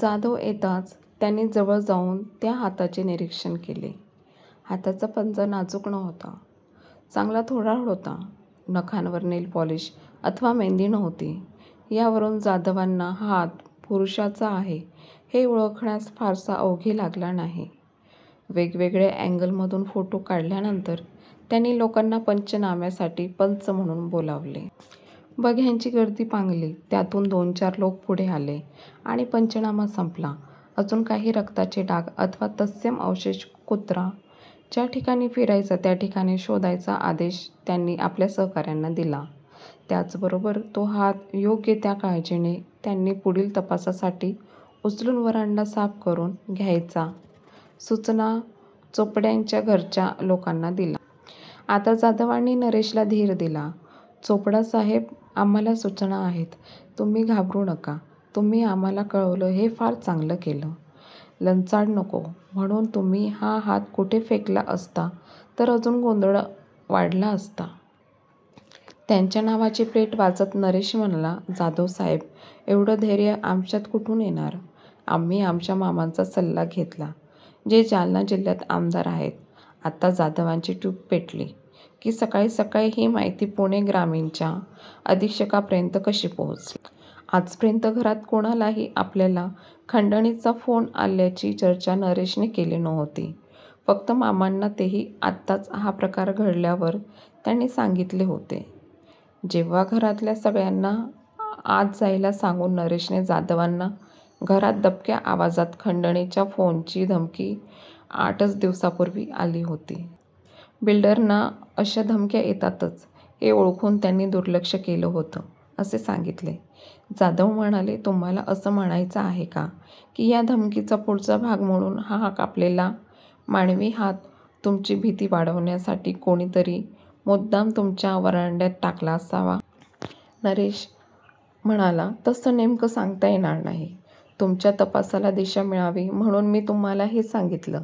जाधव येताच त्यांनी जवळजाऊन त्या हाताचे निरीक्षण केले. हाताचा पंजा नाजुक नव्हता. चांगला थोराड होता. नखांवर नेलपॉलिश अथवा मेंदी नव्हती यावरुन जाधवांना हा हात पुरुषाचा आहे हे ओळखण्यास फारसा अवधी लागला नाही. वेगवेगळ्या अॅगल मधुन फोटो काढल्यानंतर त्यांनी लोकांना पंचनाम्यासाठी पंच म्हणुन बोलावले. बघ्यांची गर्दी पांगली. त्यातुन दोनचार लोक पुढे आले, आणि पंचनामा संपला. अजुन काही रक्ताचे डाग अथवा तत्सम अवशेष कुत्रा ज्या ठिकाणी फिरायचा त्या ठिकाणी शोधायचा आदेश त्यांनी आपल्या सहकार्यांना दिला. त्याच बरोबर तो हात योग्य त्या काळजीने त्यांनी पुढील तपासासाठी उचलुन व्हरांडा साफ करुन घ्यायच्या सुचना चोपडांच्या घरच्या लोकांना दिल्या. आता जाधवांनी नरेशला धीर दिला. चोपडासाहेब आम्हाला सुचना आहेत. तुम्ही घाबरु नका. तुम्ही आम्हाला कळवल हे फार चांगल केल. लचांड नको म्हणुन तुम्ही हा हात कुठे फेकला असता तर अजुन गोंधळ वाढला असता. त्यांच्या नावाची प्लेट वाचत नरेश म्हणाला जाधवसाहेब येव्हड धैर्य आमच्यात कुठुन येणार? आम्ही आमच्या मामांचा सल्ला घेतला जे जालना जिल्हयात आमदार आहेत. आत्ता जाधवांची ट्युब पेटली की सकाळी सकाळी ही माहिती पुणे ग्रामीणच्या अधिक्षकांपर्यत कशी पोचली? आजपर्यत घरात कुणालाही आपल्याला खंडणीचा फोन आल्याची चर्चा नरेशने केली नव्हती. फक्त मामांना तेही आत्ताच हा प्रकार घडल्यावर त्यांनी सांगीतले होते. जेव्हा घरातल्या सगळ्यांना आत जायला सांगुन नरेशने जाधवांना घरात दबक्या आवाजात खंडणीच्या फोनची धमकी आठच दिवसापुर्वी आली होती. बिल्डरना अश्या धमक्या येतातच हे ओळखुन त्यांनी दुर्लक्ष केल होत असे सांगीतले. जाधव म्हणाले तुम्हाला अस म्हणायच आहे का की या धमकीचा पुढचा भाग म्हणुन हा कापलेला मानवी हात तुमची भिती वाढवण्यासाठी कोणीतरी मुद्दाम तुमच्या व्हरांड्यात टाकला असावा? नरेश म्हणाला तस नेमक सांगता येणार नाही. तुमच्या तपासाला दिशा मिळावी म्हणुन मी तुम्हाला हे सांगीतले.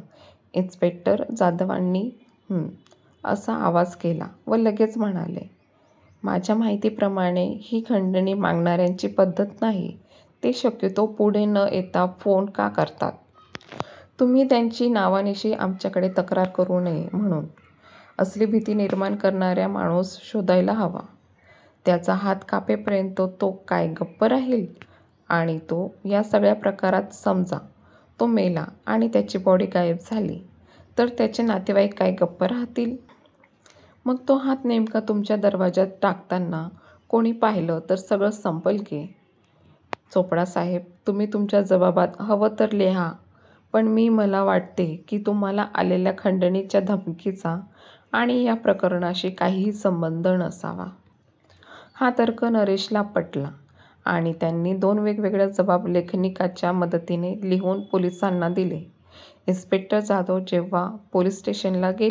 इन्सपेक्टर जाधवांनी हम असा आवाज केला व लगेच म्हणाले माझ्या माहितीप्रमाणे ही खंडणी मागणार्यांची पध्दत नाही. ते शक्यतो पुढे न येता फोन का करतात? तुम्ही त्यांची नावानिशी आमच्याकडे तक्रार करु नये म्हणुन. असली भिती निर्माण करायला माणुस शोधायला हवा, त्याचा हात कापेपर्यत तो काय गप्प राहील? आणि तो या सगळ्याप्रकारात समजा तो मेला आणि त्याची बॉडी गायब झाली तर त्याचे नातेवाईक काय गप्प राहतील? मग तो हात नेमका तुमच्या दरवाज्यात टाकताना कोणी पाहिल तर सगळच संपल की. चोपडा साहेब तुम्ही तुमच्या जबाबात हव तर लिहा पण मी मला वाटते की तुम्हाला आलेल्या खंडणीच्या धमकीचा आणी या प्रकाराशी काहिही संबंध नसावा. हा तर्क नरेशला पटला आणि त्यांनी दोन वेगवेगळे जबाब लेखनिकाच्या मदतीने लिहुन पोलिसांना दिले. इन्सपेक्टर जाधव जेव्हा पोलीस स्टेशनला गेले.